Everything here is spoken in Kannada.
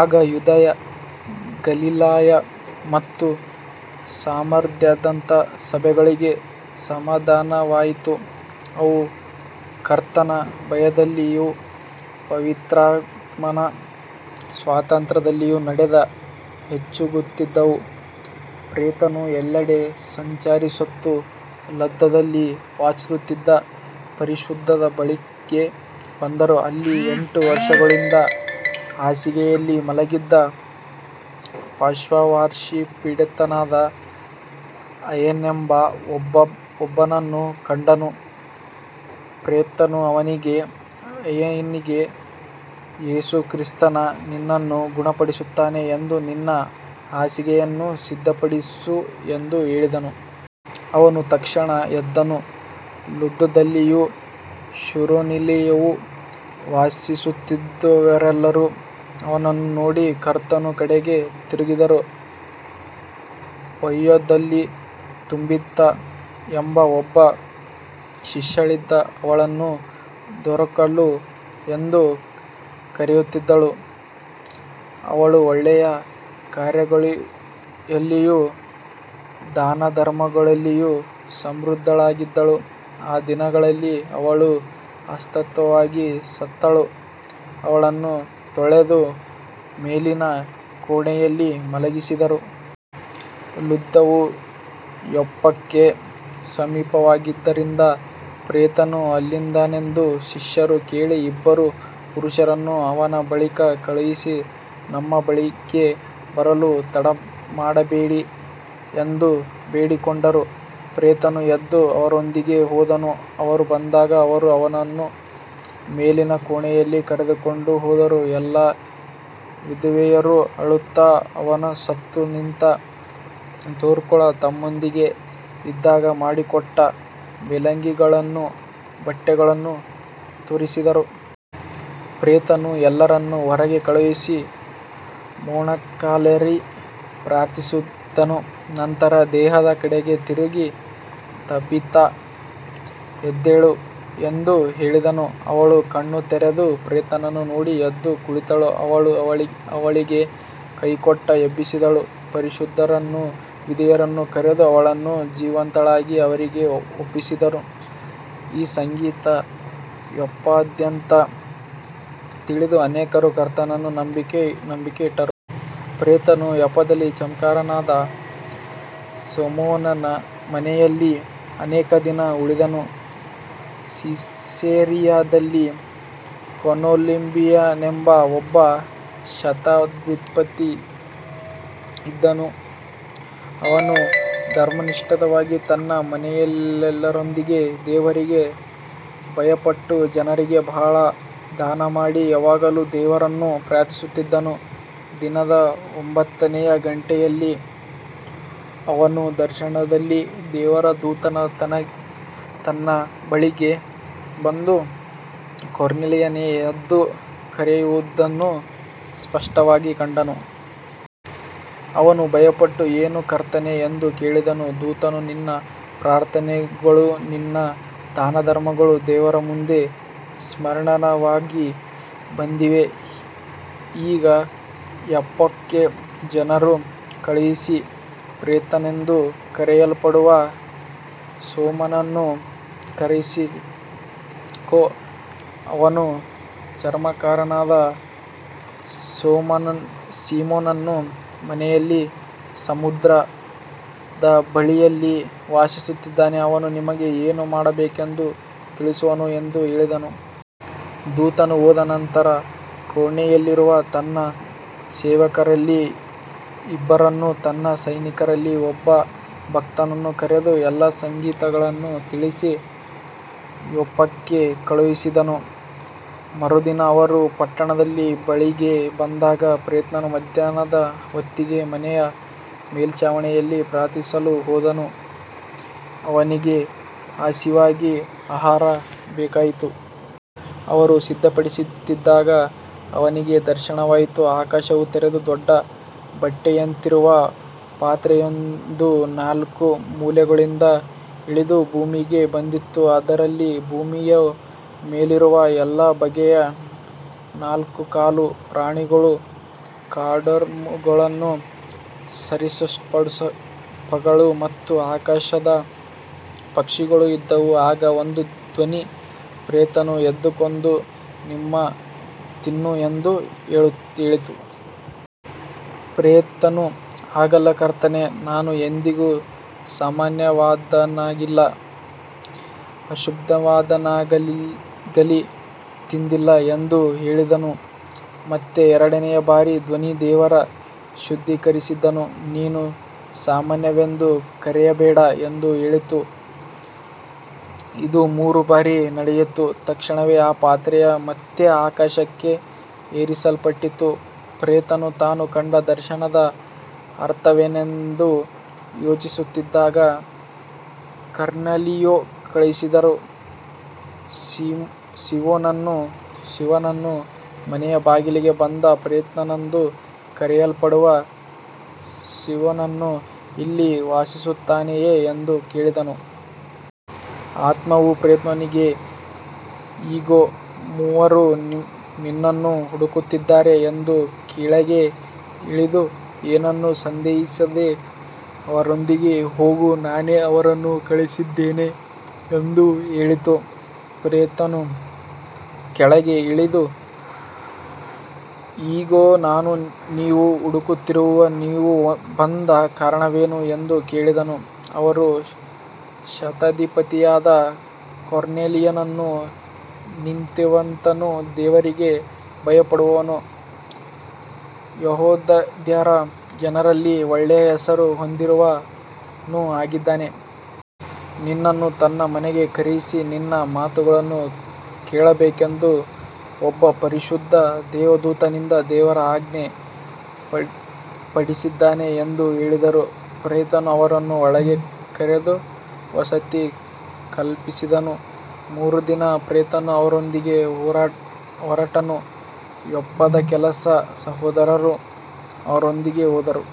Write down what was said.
ಆಗ ಯೂದಾಯ, ಗಲಿಲಾಯ ಮತ್ತು ಸಮಾರ್ಯದಾದ್ಯಂತ ಸಭೆಗಳಿಗೆ ಸಮಾಧಾನವಾಯಿತು. ಅವು ಕರ್ತನ ಭಯದಲ್ಲಿಯೂ ಪವಿತ್ರಾತ್ಮನ ಸಾಂತ್ವನದಲ್ಲಿಯೂ ನಡೆದು ಹೆಚ್ಚಾಗುತ್ತಿದ್ದವು. ಪೇತ್ರನು ಎಲ್ಲೆಡೆ ಸಂಚರಿಸುತ್ತಾ ಲುದ್ದದಲ್ಲಿ ವಾಸಿಸುತ್ತಿದ್ದ ಪರಿಶುದ್ಧರ ಬಳಿಗೆ ಬಂದನು. ಅಲ್ಲಿ ಎಂಟು ವರ್ಷಗಳಿಂದ ಹಾಸಿಗೆಯಲ್ಲಿ ಮಲಗಿದ್ದ ಪಾರ್ಶ್ವವಾಯುಪೀಡಿತನಾದ ಐನೇಯನೆಂಬ ಒಬ್ಬನನ್ನು ಕಂಡನು. ಪೇತ್ರನು ಅವನಿಗೆ, ಐನೇಯನೇ, ಯೇಸುಕ್ರಿಸ್ತನು ನಿನ್ನನ್ನು ಗುಣಪಡಿಸುತ್ತಾನೆ, ಎದ್ದು ನಿನ್ನ ಹಾಸಿಗೆಯನ್ನು ಸಿದ್ಧಪಡಿಸು ಎಂದು ಹೇಳಿದನು. ಅವನು ತಕ್ಷಣ ಎದ್ದನು. ಲುದ್ದದಲ್ಲಿಯೂ ಶಾರೋನಿನಲ್ಲಿಯೂ ವಾಸಿಸುತ್ತಿದ್ದವರೆಲ್ಲರೂ ಅವನನ್ನು ನೋಡಿ ಕರ್ತನ ಕಡೆಗೆ ತಿರುಗಿದರು. ಯೊಪ್ಪದಲ್ಲಿ ತಬಿಥಾ ಎಂಬ ಒಬ್ಬ ಶಿಷ್ಯಳಿದ್ದಳು, ಅವಳನ್ನು ದೋರ್ಕಳೂ ಎಂದು ಕರೆಯುತ್ತಿದ್ದರು. ಅವಳು ಒಳ್ಳೆಯ ಕಾರ್ಯಗಳಲ್ಲಿಯೂ ದಾನಧರ್ಮಗಳಲ್ಲಿಯೂ ಸಮೃದ್ಧಳಾಗಿದ್ದಳು. ಆ ದಿನಗಳಲ್ಲಿ ಅವಳು ಅಸ್ವಸ್ಥಳಾಗಿ ಸತ್ತಳು. ಅವಳನ್ನು ತೊಳೆದು ಮೇಲಿನ ಕೋಣೆಯಲ್ಲಿ ಮಲಗಿಸಿದರು. ಲುದ್ದವು ಯೊಪ್ಪಕ್ಕೆ ಸಮೀಪವಾಗಿದ್ದುದರಿಂದ, ಪೇತ್ರನು ಅಲ್ಲಿದ್ದಾನೆಂದು ಶಿಷ್ಯರು ಕೇಳಿ, ಇಬ್ಬರು ಪುರುಷರನ್ನು ಅವನ ಬಳಿಗೆ ಕಳುಹಿಸಿ, ನಮ್ಮ ಬಳಿಗೆ ಬರಲು ತಡಮಾಡಬೇಡ ಎಂದು ಬೇಡಿಕೊಂಡರು. ಪೇತ್ರನು ಎದ್ದು ಅವರೊಂದಿಗೆ ಹೋದನು. ಅವನು ಬಂದಾಗ ಅವರು ಅವನನ್ನು ಮೇಲಿನ ಕೋಣೆಗೆ ಕರೆದುಕೊಂಡು ಹೋದರು. ಎಲ್ಲಾ ವಿಧವೆಯರೂ ಅಳುತ್ತಾ ಅವನ ಸುತ್ತ ನಿಂತು, ದೋರ್ಕಳು ತಮ್ಮೊಂದಿಗೆ ಇದ್ದಾಗ ಮಾಡಿಕೊಟ್ಟ ಮೇಲಂಗಿಗಳನ್ನೂ ಬಟ್ಟೆಗಳನ್ನೂ ತೋರಿಸಿದರು. ಪೇತ್ರನು ಎಲ್ಲರನ್ನೂ ಹೊರಗೆ ಕಳುಹಿಸಿ ಮೊಣಕಾಲೂರಿ ಪ್ರಾರ್ಥಿಸಿದನು. ನಂತರ ದೇಹದ ಕಡೆಗೆ ತಿರುಗಿ, ತಬಿಥಾ, ಎದ್ದೇಳು ಎಂದು ಹೇಳಿದನು. ಅವಳು ಕಣ್ಣು ತೆರೆದು ಪೇತ್ರನನ್ನು ನೋಡಿ ಎದ್ದು ಕುಳಿತಳು. ಅವನು ಅವಳಿಗೆ ಕೈಕೊಟ್ಟು ಎಬ್ಬಿಸಿದನು. ಪರಿಶುದ್ಧರನ್ನೂ ವಿಧವೆಯರನ್ನೂ ಕರೆದು ಅವಳನ್ನು ಜೀವಂತಳಾಗಿ ಅವರಿಗೆ ಒಪ್ಪಿಸಿದನು. ಈ ಸಂಗತಿ ಯೊಪ್ಪಾದ್ಯಂತ ತಿಳಿದು ಅನೇಕರು ಕರ್ತನಲ್ಲಿ ನಂಬಿಕೆ ಇಟ್ಟರು. ಪೇತ್ರನು ಯೊಪ್ಪದಲ್ಲಿ ಚರ್ಮಕಾರನಾದ ಸೀಮೋನನ ಮನೆಯಲ್ಲಿ ಅನೇಕ ದಿನ ಉಳಿದನು. ಸಿಸೇರಿಯಾದಲ್ಲಿ ಕೊರ್ನೇಲಿಯನೆಂಬ ಒಬ್ಬ ಶತಾಧಿಪತಿ ಇದ್ದನು. ಅವನು ಧರ್ಮನಿಷ್ಠನಾಗಿದ್ದು ತನ್ನ ಮನೆಯವರೆಲ್ಲರೊಂದಿಗೆ ದೇವರಿಗೆ ಭಯಪಟ್ಟು, ಜನರಿಗೆ ಬಹಳ ದಾನಮಾಡಿ, ಯಾವಾಗಲೂ ದೇವರನ್ನು ಪ್ರಾರ್ಥಿಸುತ್ತಿದ್ದನು. ದಿನದ ಒಂಬತ್ತನೆಯ ಗಂಟೆಯಲ್ಲಿ ಅವನು ದರ್ಶನದಲ್ಲಿ ದೇವರ ದೂತನು ತನ್ನ ಬಳಿಗೆ ಬಂದು, ಕೊರ್ನೇಲಿಯನೇ ಎಂದು ಕರೆಯುವುದನ್ನು ಸ್ಪಷ್ಟವಾಗಿ ಕಂಡನು. ಅವನು ಭಯಪಟ್ಟು, ಏನು ಕರ್ತನೇ ಎಂದು ಕೇಳಿದನು. ದೂತನು, ನಿನ್ನ ಪ್ರಾರ್ಥನೆಗಳೂ ನಿನ್ನ ದಾನಧರ್ಮಗಳೂ ದೇವರ ಮುಂದೆ ಸ್ಮರಣಾರ್ಥವಾಗಿ ಬಂದಿವೆ. ಈಗ ಯೊಪ್ಪಕ್ಕೆ ಜನರನ್ನು ಕಳುಹಿಸಿ, ಪೇತ್ರನೆಂದು ಕರೆಯಲ್ಪಡುವ ಸೀಮೋನನನ್ನು ಕರೆಸಿಕೊ. ಅವನು ಚರ್ಮಕಾರನಾದ ಸೀಮೋನನ ಮನೆಯಲ್ಲಿ ಸಮುದ್ರದ ಬಳಿಯಲ್ಲಿ ವಾಸಿಸುತ್ತಿದ್ದಾನೆ. ಅವನು ನಿನಗೆ ಏನು ಮಾಡಬೇಕೆಂದು ತಿಳಿಸುವನು ಎಂದು ಹೇಳಿದನು. ದೂತನು ಹೋದ ನಂತರ ಕೊರ್ನೇಲಿಯನು ತನ್ನ ಸೇವಕರಲ್ಲಿ ಇಬ್ಬರನ್ನೂ ತನ್ನ ಸೈನಿಕರಲ್ಲಿ ಒಬ್ಬ ಭಕ್ತನನ್ನೂ ಕರೆದು, ಎಲ್ಲ ಸಂಗತಿಗಳನ್ನು ತಿಳಿಸಿ ಯೊಪ್ಪಕ್ಕೆ ಕಳುಹಿಸಿದನು. ಮರುದಿನ ಅವರು ಪಟ್ಟಣದ ಬಳಿಗೆ ಬಂದಾಗ ಪೇತ್ರನು ಮಧ್ಯಾಹ್ನದ ಹೊತ್ತಿಗೆ ಮನೆಯ ಮೇಲ್ಚಾವಣಿಯಲ್ಲಿ ಪ್ರಾರ್ಥಿಸಲು ಹೋದನು. ಅವನಿಗೆ ಹಸಿವಾಗಿ ಆಹಾರ ಬೇಕಾಯಿತು. ಅವರು ಸಿದ್ಧಪಡಿಸುತ್ತಿದ್ದಾಗ ಅವನಿಗೆ ದರ್ಶನವಾಯಿತು. ಆಕಾಶವು ತೆರೆದು, ದೊಡ್ಡ ಬಟ್ಟೆಯಂತಿರುವ ಪಾತ್ರೆಯೊಂದು ನಾಲ್ಕು ಮೂಲೆಗಳಿಂದ ಇಳಿದು ಭೂಮಿಗೆ ಬಂದಿತು. ಅದರಲ್ಲಿ ಭೂಮಿಯ ಮೇಲಿರುವ ಎಲ್ಲಾ ಬಗೆಯ ನಾಲ್ಕುಕಾಲು ಪ್ರಾಣಿಗಳು, ಕಾಡುಮೃಗಗಳು, ಸರೀಸೃಪಗಳು ಮತ್ತು ಆಕಾಶದ ಪಕ್ಷಿಗಳು ಇದ್ದವು. ಆಗ ಒಂದು ಧ್ವನಿ, ಪೇತ್ರನೇ, ಎದ್ದು ಕೊಂದು ತಿನ್ನು ಎಂದು ಹೇಳಿತು. ಪೇತ್ರನು, ಹಾಗಲ್ಲ ಕರ್ತನೇ, ನಾನು ಎಂದಿಗೂ ಸಾಮಾನ್ಯವಾದದ್ದನ್ನಾಗಲಿ ಅಶುದ್ಧವಾದದ್ದನ್ನಾಗಲಿ ತಿಂದಿಲ್ಲ ಎಂದು ಹೇಳಿದನು. ಮತ್ತೆ ಎರಡನೆಯ ಬಾರಿ ಧ್ವನಿ, ದೇವರು ಶುದ್ಧೀಕರಿಸಿದುದನ್ನು ನೀನು ಸಾಮಾನ್ಯವೆಂದು ಕರೆಯಬೇಡ ಎಂದು ಹೇಳಿತು. ಇದು ಮೂರು ಬಾರಿ ನಡೆಯಿತು. ತಕ್ಷಣವೇ ಆ ಪಾತ್ರೆಯು ಮತ್ತೆ ಆಕಾಶಕ್ಕೆ ಏರಿಸಲ್ಪಟ್ಟಿತು. ಪೇತ್ರನು ತಾನು ಕಂಡ ದರ್ಶನದ ಅರ್ಥವೇನೆಂದು ಯೋಚಿಸುತ್ತಿದ್ದಾಗ, ಕೊರ್ನೇಲಿಯನು ಕಳುಹಿಸಿದ್ದವರು ಸೀಮೋನನ ಮನೆಯ ಬಾಗಿಲಿಗೆ ಬಂದು, ಪೇತ್ರನೆಂದು ಕರೆಯಲ್ಪಡುವ ಸೀಮೋನನು ಇಲ್ಲಿ ವಾಸಿಸುತ್ತಾನೆಯೇ ಎಂದು ಕೇಳಿದರು. ಆತ್ಮವು ಪೇತ್ರನಿಗೆ, ಇಗೋ, ಮೂವರು ನಿನ್ನನ್ನು ಹುಡುಕುತ್ತಿದ್ದಾರೆ. ಎದ್ದು ಕೆಳಗೆ ಇಳಿದು, ಏನನ್ನೂ ಸಂದೇಹಿಸದೆ ಅವರೊಂದಿಗೆ ಹೋಗು, ನಾನೇ ಅವರನ್ನು ಕಳುಹಿಸಿದ್ದೇನೆ ಎಂದು ಹೇಳಿತು. ಪೇತ್ರನು ಕೆಳಗೆ ಇಳಿದು, ಇಗೋ, ನಾನು ನೀವು ಹುಡುಕುತ್ತಿರುವವನು. ನೀವು ಬಂದ ಕಾರಣವೇನು ಎಂದು ಕೇಳಿದನು. ಅವರು, ಶತಾಧಿಪತಿಯಾದ ಕೊರ್ನೇಲಿಯನು ನೀತಿವಂತನೂ ದೇವರಿಗೆ ಭಯಪಡುವವನೂ ಯೆಹೂದ್ಯರ ಜನರಲ್ಲಿ ಒಳ್ಳೆಯ ಹೆಸರು ಹೊಂದಿದವನೂ ಆಗಿದ್ದಾನೆ. ನಿನ್ನನ್ನು ತನ್ನ ಮನೆಗೆ ಕರೆಸಿ ನಿನ್ನ ಮಾತುಗಳನ್ನು ಕೇಳಬೇಕೆಂದು ಒಬ್ಬ ಪರಿಶುದ್ಧ ದೇವದೂತನಿಂದ ದೇವರ ಆಜ್ಞೆ ಪಡೆದಿದ್ದಾನೆ ಎಂದು ಹೇಳಿದರು. ಪೇತ್ರನು ಅವರನ್ನು ಒಳಗೆ ಕರೆದು ವಸತಿ ಕಲ್ಪಿಸಿದನು. ಮರುದಿನ ಪೇತ್ರನು ಅವರೊಂದಿಗೆ ಹೊರಟನು. ಯೊಪ್ಪದ ಕೆಲವು ಸಹೋದರರೂ ಅವನೊಂದಿಗೆ ಹೋದರು.